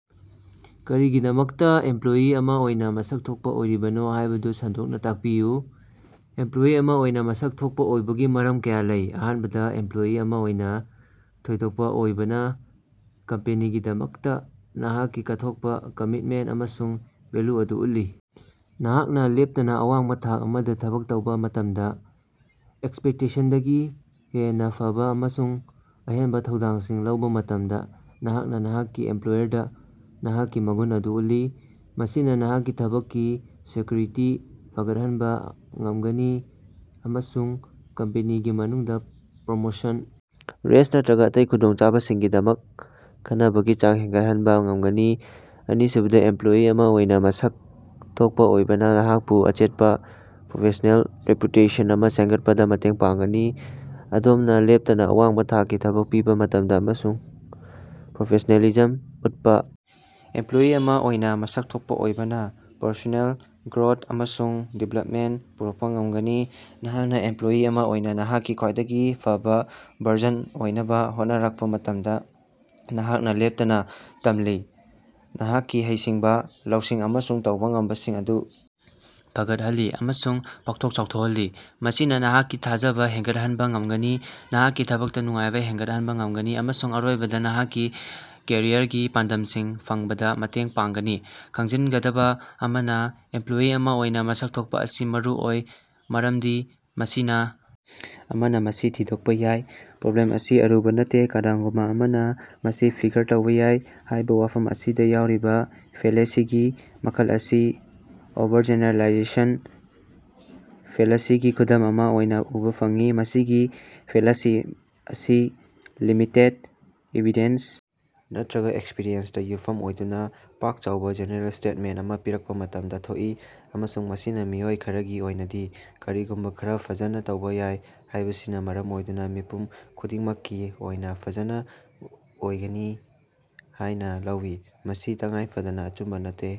ꯀꯔꯤꯒꯤꯗꯃꯛꯇꯥ ꯏꯝꯄꯂꯣꯌꯤ ꯑꯃ ꯑꯣꯏꯅ ꯃꯁꯛ ꯊꯣꯛꯄ ꯑꯣꯏꯔꯤꯕꯅꯣ ꯍꯥꯏꯕꯗꯨ ꯁꯟꯗꯣꯛꯅ ꯇꯥꯛꯄꯤꯌꯨ꯫ ꯏꯃꯄꯂꯣꯌꯤ ꯑꯃ ꯑꯣꯏꯅ ꯃꯁꯛ ꯊꯣꯛꯄ ꯑꯣꯏꯕꯒꯤ ꯃꯔꯝ ꯀꯌꯥ ꯂꯩ꯫ ꯑꯍꯥꯟꯕꯗ, ꯏꯃꯄꯂꯣꯌꯤ ꯑꯃ ꯑꯣꯏꯅ ꯊꯣꯏꯗꯣꯛꯄ ꯑꯣꯏꯕꯅ ꯀꯝꯄꯦꯅꯤꯒꯤꯗꯃꯛꯇ ꯅꯍꯥꯛꯀꯤ ꯀꯠꯊꯣꯛꯄ, ꯀꯃꯤꯠꯃꯦꯟꯇ ꯑꯃꯁꯨꯡ ꯚꯦꯜꯌꯨ ꯑꯗꯨ ꯎꯠꯂꯤ꯫ ꯅꯍꯥꯛꯅ ꯂꯦꯞꯇꯅ ꯑꯋꯥꯡꯕ ꯊꯥꯛ ꯑꯃꯗ ꯊꯕꯛ ꯇꯧꯕ ꯃꯇꯝꯗ, ꯑꯦꯛꯁꯄꯦꯛꯇꯦꯁꯟꯗꯒꯤ ꯍꯦꯟꯅ ꯐꯕ ꯑꯃꯁꯨꯡ ꯑꯍꯦꯟꯕ ꯊꯧꯗꯥꯡꯁꯤꯡ ꯂꯧꯕ ꯃꯇꯝꯗ, ꯅꯍꯥꯛꯅ ꯅꯍꯥꯛꯀꯤ ꯏꯝꯄꯂꯣꯌꯔꯗ ꯅꯍꯥꯛꯀꯤ ꯃꯒꯨꯟ ꯑꯗꯨ ꯎꯠꯂꯤ꯫ ꯃꯁꯤꯅ ꯅꯍꯥꯛꯀꯤ ꯊꯕꯛꯀꯤ ꯁꯦꯛꯀꯌꯨꯔꯤꯇꯤ ꯐꯒꯠꯍꯟꯕ ꯉꯝꯒꯅꯤ ꯑꯃꯁꯨꯡ ꯀꯝꯄꯦꯅꯤꯒꯤ ꯃꯅꯨꯡꯗ ꯄ꯭ꯔꯣꯃꯣꯁꯟ, ꯔꯦꯏꯁ ꯅꯠꯇ꯭ꯔꯒꯥ ꯑꯇꯩ ꯈꯨꯗꯣꯡꯆꯥꯕꯁꯤꯡꯒꯤꯗꯃꯛ ꯈꯟꯅꯕꯒꯤ ꯆꯥꯡ ꯍꯦꯟꯒꯠꯍꯟꯕ ꯉꯝꯒꯅꯤ꯫ ꯑꯅꯤꯁꯨꯕꯗ, ꯏꯝꯄꯂꯣꯌꯤ ꯑꯃ ꯑꯣꯏꯅ ꯃꯁꯛ ꯊꯣꯛꯄ ꯑꯣꯏꯕꯅ ꯅꯍꯥꯛꯄꯨ ꯑꯆꯦꯠꯄ ꯄ꯭ꯔꯣꯐꯦꯁ꯭ꯅꯦꯜ ꯔꯦꯄꯨꯇꯦꯁꯟ ꯑꯃ ꯁꯦꯝꯒꯠꯄꯗ ꯃꯇꯦꯡ ꯄꯥꯡꯒꯅꯤ꯫ ꯑꯗꯣꯝꯅ ꯂꯦꯞꯇꯅ ꯑꯋꯥꯡꯕ ꯊꯥꯛꯀꯤ ꯊꯕꯛ ꯄꯤꯕ ꯃꯇꯝꯗ ꯑꯃꯁꯨꯡ ꯄ꯭ꯔꯣꯐꯦꯁ꯭ꯅꯦꯂꯤꯖꯝ ꯎꯠꯄ ꯏꯝꯄꯂꯣꯌꯤ ꯑꯃ ꯑꯣꯏꯅ ꯃꯁꯛ ꯊꯣꯛꯄ ꯑꯣꯏꯕꯅ ꯄꯔꯁꯣꯅꯦꯜ ꯒ꯭ꯔꯣꯊ ꯑꯃꯁꯨꯡ ꯗꯤꯚꯦꯂꯄꯃꯦꯟꯇ ꯄꯨꯔꯛꯄ ꯉꯝꯒꯅꯤ꯫ ꯅꯍꯥꯛꯅ ꯏꯝꯄꯂꯣꯌꯤ ꯑꯃ ꯑꯣꯏꯅ ꯅꯍꯥꯛꯀꯤ ꯈ꯭ꯋꯥꯏꯗꯒꯤ ꯐꯕ ꯚꯔꯖꯟ ꯑꯣꯏꯅꯕ ꯍꯣꯠꯅꯔꯛꯄ ꯃꯇꯝꯗ, ꯅꯍꯥꯛꯅ ꯂꯦꯞꯇꯅ ꯇꯝꯂꯤ, ꯅꯍꯥꯛꯀꯤ ꯍꯩꯁꯤꯡꯕ, ꯂꯧꯁꯤꯡ ꯑꯃꯁꯨꯡ ꯇꯧꯕ ꯉꯝꯕꯁꯤꯡ ꯑꯗꯨ ꯐꯒꯠꯍꯜꯂꯤ ꯑꯃꯁꯨꯡ ꯄꯥꯛꯊꯣꯛ ꯆꯥꯎꯊꯣꯛꯍꯜꯂꯤ꯫ ꯃꯁꯤꯅ ꯅꯍꯥꯛꯀꯤ ꯊꯥꯖꯕ ꯍꯦꯟꯒꯠꯍꯟꯕ ꯉꯝꯒꯅꯤ, ꯅꯍꯥꯛꯀꯤ ꯊꯕꯛꯇ ꯅꯨꯡꯉꯥꯏꯕ ꯍꯦꯟꯒꯠꯍꯟꯕ ꯉꯝꯒꯅꯤ ꯑꯃꯁꯨꯡ ꯑꯔꯣꯏꯕꯗ ꯅꯍꯥꯛꯀꯤ ꯀꯦꯔꯤꯌꯔꯒꯤ ꯄꯥꯟꯗꯝꯁꯤꯡ ꯐꯪꯕꯗ ꯃꯇꯦꯡ ꯄꯥꯡꯒꯅꯤ꯫ ꯈꯪꯖꯤꯟꯒꯗꯕ ꯑꯃꯅ, ꯏꯝꯄꯂꯣꯌꯤ ꯑꯃ ꯑꯣꯏꯅ ꯃꯁꯛ ꯊꯣꯛꯄ ꯑꯁꯤ ꯃꯔꯨꯑꯣꯏ ꯃꯔꯝꯗꯤ ꯃꯁꯤꯅ ꯑꯃꯅ ꯃꯁꯤ ꯊꯤꯗꯣꯛꯄ ꯌꯥꯏ"꯫ "ꯄ꯭ꯔꯣꯕ꯭ꯂꯦꯝ ꯑꯁꯤ ꯑꯔꯨꯕ ꯅꯠꯇꯦ, ꯀꯅꯥꯒꯨꯝꯕ ꯑꯃꯅ ꯃꯁꯤ ꯐꯤꯒꯔ ꯇꯧꯕ ꯌꯥꯏ" ꯍꯥꯏꯕ ꯋꯥꯐꯝ ꯑꯁꯤꯗ ꯌꯥꯎꯔꯤꯕ ꯐꯦꯜꯂꯦꯁꯤꯒꯤ ꯃꯈꯜ ꯑꯁꯤ "ꯑꯣꯚꯔꯖꯦꯅꯦꯔꯦꯂꯥꯏꯖꯦꯁꯟ" ꯐꯦꯂꯥꯁꯤꯒꯤ ꯈꯨꯗꯝ ꯑꯃ ꯑꯣꯏꯅ ꯎꯕ ꯐꯪꯏ꯫ ꯃꯁꯤꯒꯤ ꯐꯦꯂꯥꯁꯤ ꯑꯁꯤ ꯂꯤꯃꯤꯇꯦꯗ ꯏꯚꯤꯗꯦꯟꯁ ꯅꯠꯇ꯭ꯔꯒ ꯑꯦꯛꯁꯄꯤꯔꯤꯑꯦꯟꯁꯇ ꯌꯨꯝꯐꯝ ꯑꯣꯏꯗꯨꯅ ꯄꯥꯛ-ꯆꯥꯎꯕ, ꯖꯦꯅꯦꯔꯦꯜ ꯁ꯭ꯇꯦꯇꯃꯦꯟꯇ ꯑꯃ ꯄꯤꯔꯛꯄ ꯃꯇꯝꯗ ꯊꯣꯛꯏ, ꯑꯃꯁꯨꯡ ꯃꯁꯤꯅ ꯃꯤꯑꯣꯏ ꯈꯔꯒꯤ ꯑꯣꯏꯅꯗꯤ ꯀꯔꯤꯒꯨꯝꯕ ꯈꯔꯥ ꯐꯖꯅ ꯇꯧꯕ ꯌꯥꯏ ꯍꯥꯏꯕꯁꯤꯅ ꯃꯔꯝ ꯑꯣꯏꯗꯨꯅ ꯃꯤꯄꯨꯝ ꯈꯨꯗꯤꯡꯃꯛꯀꯤ ꯑꯣꯏꯅ ꯐꯖꯅ ꯑꯣꯏꯒꯅꯤ ꯍꯥꯏꯅ ꯂꯧꯏ, ꯃꯁꯤ ꯇꯉꯥꯏꯐꯗꯅꯥ ꯑꯆꯨꯝꯕ ꯅꯠꯇꯦ꯫